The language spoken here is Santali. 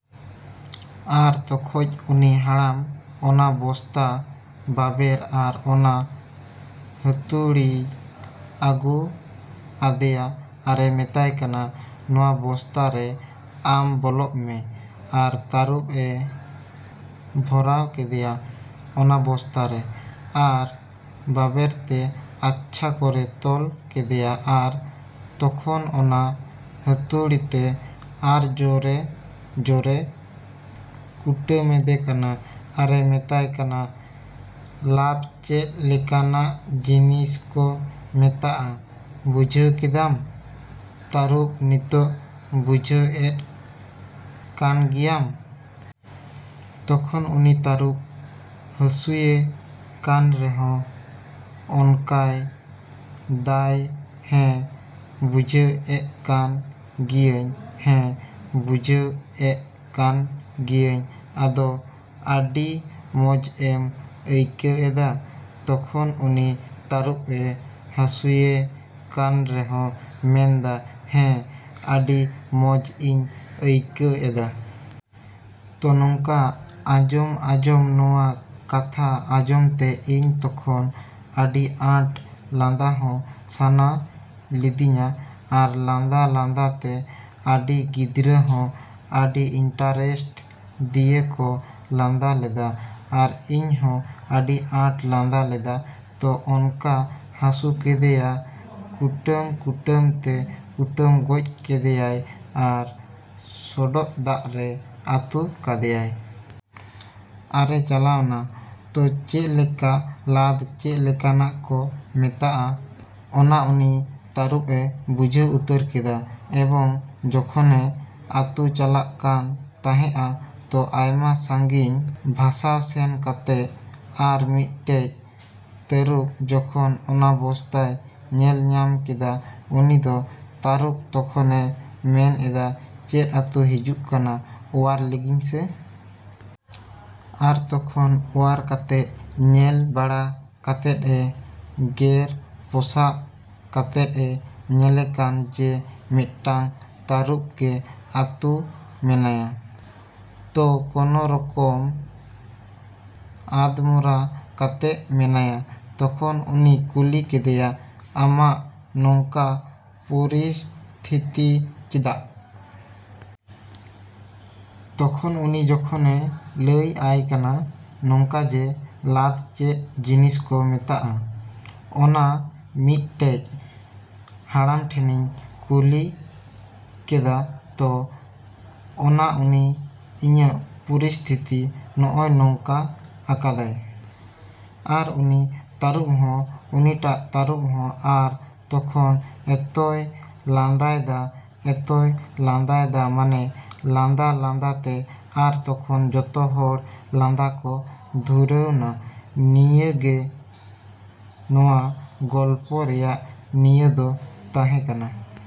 ᱟᱨ ᱛᱚᱠᱷᱚᱡ ᱩᱱᱤ ᱦᱟᱲᱟᱢ ᱚᱱᱟ ᱵᱚᱥᱛᱟ, ᱵᱟᱵᱮᱨ, ᱟᱨ ᱚᱱᱟ ᱦᱟᱹᱛᱩᱲᱤᱭ ᱟᱹᱜᱩ ᱟᱫᱮᱭᱟ ᱟᱨᱮ ᱢᱮᱛᱟᱭ ᱠᱟᱱᱟ ᱱᱚᱣᱟ ᱵᱚᱥᱛᱟ ᱨᱮ ᱟᱢ ᱵᱚᱞᱚᱜ ᱢᱮ᱾ ᱟᱨ ᱛᱟᱹᱨᱩᱵᱽ ᱮ ᱵᱷᱚᱨᱟᱣ ᱠᱮᱫᱮᱭᱟ ᱚᱱᱟ ᱵᱚᱥᱛᱟᱨᱮ ᱟᱨ ᱵᱟᱵᱮᱨᱛᱮ ᱟᱪᱪᱷᱟ ᱠᱚᱨᱮ ᱛᱚᱞ ᱠᱮᱫᱮᱭᱟ ᱟᱨ ᱛᱚᱠᱷᱚᱱ ᱚᱱᱟ ᱦᱟᱹᱛᱩᱲᱤ ᱛᱮ ᱟᱨ ᱡᱚᱨᱮ ᱡᱚᱨᱮ ᱠᱩᱴᱟᱹᱢᱮᱫᱮ ᱠᱟᱱᱟ ᱟᱨᱮ ᱢᱮᱛᱟᱭ ᱠᱟᱱᱟ ᱞᱟᱫᱽ ᱪᱮᱫ ᱞᱮᱠᱟᱱᱟᱜ ᱡᱤᱱᱤᱥ ᱠᱚ ᱢᱮᱛᱟᱜᱼᱟ ᱵᱩᱡᱷᱟᱹᱣ ᱠᱮᱫᱟᱢ ᱛᱟᱹᱨᱩᱵᱽ ᱱᱤᱛᱚᱜ ᱵᱩᱡᱷᱟᱹᱣ ᱮᱫ ᱠᱟᱱ ᱜᱮᱭᱟᱢ᱾ ᱛᱚᱠᱷᱚᱱ ᱩᱱᱤ ᱛᱟᱹᱨᱩᱵᱽ ᱦᱟᱹᱥᱩᱭᱮ ᱠᱟᱱ ᱨᱮᱦᱚᱸ ᱚᱱᱠᱟᱭ ᱫᱟᱭ ᱦᱮᱸ ᱵᱩᱡᱷᱟᱹᱣ ᱮᱜ ᱠᱟᱱ ᱜᱮᱭᱟᱹᱧ ᱦᱮᱸ ᱵᱩᱡᱷᱟᱹᱣ ᱮᱜ ᱠᱟᱱ ᱜᱮᱭᱟᱹᱧ ᱟᱫᱚ ᱟᱹᱰᱤ ᱢᱚᱸᱡ ᱮᱢ ᱟᱹᱭᱠᱟᱹᱣ ᱮᱫᱟ ᱛᱚᱠᱷᱚᱱ ᱩᱱᱤ ᱛᱟᱹᱨᱩᱵᱽ ᱮ ᱦᱟᱹᱥᱩᱭᱮ ᱠᱟᱱ ᱨᱮᱦᱚᱭ ᱢᱮᱱᱫᱟ ᱦᱮᱸ ᱟᱹᱰᱤ ᱢᱚᱸᱡ ᱤᱧ ᱟᱹᱭᱠᱟᱹᱣ ᱮᱫᱟ᱾ ᱛᱚ ᱱᱚᱝᱠᱟ ᱟᱸᱡᱚᱢ ᱟᱸᱡᱚᱢ ᱱᱚᱣᱟ ᱠᱟᱛᱷᱟ ᱟᱸᱡᱚᱢ ᱛᱮ ᱤᱧ ᱛᱚᱠᱷᱚᱱ ᱟᱹᱰᱤ ᱟᱸᱴ ᱞᱟᱸᱫᱟ ᱦᱚᱸ ᱥᱟᱱᱟ ᱞᱤᱫᱤᱧᱟ ᱟᱨ ᱞᱟᱸᱫᱟ ᱞᱟᱸᱫᱟ ᱛᱮ ᱟᱹᱰᱤ ᱜᱤᱫᱽᱨᱟᱹ ᱦᱚᱸ ᱟᱹᱰᱤ ᱤᱱᱴᱟᱨᱮᱥᱴ ᱫᱤᱭᱮ ᱠᱚ ᱞᱟᱸᱫᱟ ᱞᱮᱫᱟ᱾ ᱟᱨ ᱤᱧᱦᱚᱸ ᱟᱹᱰᱤ ᱟᱸᱴ ᱞᱟᱸᱫᱟ ᱞᱮᱫᱟ ᱛᱚ ᱚᱱᱠᱟ ᱦᱟᱹᱥᱩ ᱠᱮᱫᱮᱭᱟ ᱠᱩᱴᱟᱹᱢ ᱠᱩᱴᱟᱹᱢ ᱛᱮ ᱠᱩᱴᱟᱹᱢ ᱜᱚᱡ ᱠᱮᱫᱮᱭᱟᱭ ᱟᱨ ᱥᱚᱰᱚᱜ ᱫᱟᱜ ᱨᱮ ᱟᱹᱛᱩ ᱠᱟᱫᱮᱭᱟᱭ᱾ ᱟᱨᱮ ᱪᱟᱞᱟᱣᱱᱟ ᱛᱚ ᱪᱮᱫ ᱞᱮᱠᱟ ᱞᱟᱫᱽ ᱪᱮᱫ ᱞᱮᱠᱟᱱᱟᱜ ᱠᱚ ᱢᱮᱛᱟᱜᱼᱟ ᱚᱱᱟ ᱩᱱᱤ ᱛᱟᱹᱨᱩᱵᱽ ᱮ ᱵᱩᱡᱷᱟᱹᱣ ᱩᱛᱟᱹᱨ ᱠᱮᱫᱟ ᱮᱵᱚᱝ ᱡᱚᱠᱷᱚᱱᱮ ᱟᱹᱛᱩ ᱪᱟᱞᱟᱜ ᱠᱟᱱ ᱛᱟᱸᱦᱮᱜᱼᱟ ᱛᱚ ᱟᱭᱢᱟ ᱥᱟᱹᱜᱤᱧ ᱵᱷᱟᱥᱟᱣ ᱥᱮᱱ ᱠᱟᱛᱮᱜ ᱟᱨ ᱢᱤᱫᱴᱮᱡ ᱛᱟᱹᱨᱩᱵᱽ ᱡᱚᱠᱷᱚᱱ ᱚᱱᱟ ᱵᱚᱥᱛᱟᱭ ᱧᱮᱞ ᱧᱟᱢ ᱠᱮᱫᱟ ᱩᱱᱤ ᱫᱚ ᱛᱟᱹᱨᱩᱵᱽ ᱛᱚᱠᱷᱚᱱᱮ ᱢᱮᱱ ᱮᱫᱟ ᱪᱮᱫ ᱟᱹᱛᱩ ᱦᱤᱡᱩᱜ ᱠᱟᱱᱟ ᱚᱣᱟᱨ ᱞᱤᱜᱤᱧ ᱥᱮ᱾ ᱟᱨ ᱛᱚᱠᱷᱚᱱ ᱚᱣᱟᱨ ᱠᱟᱛᱮᱜ ᱧᱮᱞ ᱵᱟᱲᱟ ᱠᱟᱛᱮᱫ ᱮ ᱜᱮᱨ ᱯᱚᱥᱟᱜ ᱠᱟᱛᱮᱫ ᱮ ᱧᱮᱞᱮ ᱠᱟᱱ ᱡᱮ ᱢᱤᱫᱴᱟᱱ ᱛᱟᱹᱨᱩᱵᱽ ᱜᱮ ᱟᱹᱛᱩ ᱢᱮᱱᱟᱭᱟ᱾ ᱛᱚ ᱠᱚᱱᱚ ᱨᱚᱠᱚᱢ ᱟᱫᱽᱢᱚᱨᱟ ᱠᱟᱛᱮᱜ ᱢᱮᱱᱟᱭᱟ ᱛᱚᱠᱷᱚᱱ ᱩᱱᱤ ᱠᱩᱞᱤ ᱠᱮᱫᱮᱭᱟ ᱟᱢᱟᱜ ᱱᱚᱝᱠᱟ ᱯᱚᱨᱤᱥᱛᱷᱤᱛᱤ ᱪᱮᱫᱟᱜ? ᱛᱚᱠᱷᱚᱱ ᱩᱱᱤ ᱡᱚᱠᱷᱚᱱᱮ ᱞᱟᱹᱭ ᱟᱭ ᱠᱟᱱᱟ ᱱᱚᱝᱠᱟ ᱡᱮ ᱞᱟᱫᱽ ᱪᱮᱫ ᱡᱤᱱᱤᱥ ᱠᱚ ᱢᱮᱛᱟᱜᱼᱟ ᱚᱱᱟ ᱢᱤᱫᱴᱮᱡ ᱦᱟᱲᱟᱢ ᱴᱷᱮᱱᱤᱧ ᱠᱩᱞᱤ ᱞᱮᱫᱟ ᱛᱚ ᱚᱱᱟ ᱩᱱᱤ ᱤᱧᱟᱹᱜ ᱯᱚᱨᱤᱥᱛᱷᱤᱛᱤ ᱱᱚᱜᱼᱚᱭ ᱱᱚᱝᱠᱟ ᱟᱠᱟᱫᱟᱭ᱾ ᱟᱨ ᱩᱱᱤ ᱛᱟᱹᱨᱩᱵᱽ ᱦᱚᱸ ᱩᱱᱤᱴᱟᱜ ᱛᱟᱹᱨᱩᱵᱽ ᱦᱚᱸ ᱟᱨ ᱛᱚᱠᱷᱚᱱ ᱮᱛᱚᱭ ᱞᱟᱸᱫᱟᱭ ᱫᱟ, ᱮᱛᱚᱭ ᱞᱟᱸᱫᱟᱭ ᱫᱟ ᱢᱟᱱᱮ ᱞᱟᱸᱫᱟ ᱞᱟᱸᱫᱟᱛᱮ ᱟᱨ ᱛᱚᱠᱷᱚᱱ ᱡᱚᱛᱚ ᱦᱚᱲ ᱞᱟᱸᱫᱟ ᱠᱚ ᱫᱷᱩᱨᱟᱹᱣᱱᱟ᱾ ᱱᱤᱭᱟᱹᱜᱮ ᱱᱚᱣᱟ ᱜᱚᱞᱯᱷᱚ ᱨᱮᱭᱟᱜ ᱱᱤᱭᱟᱹ ᱫᱚ ᱛᱟᱸᱦᱮ ᱠᱟᱱᱟ।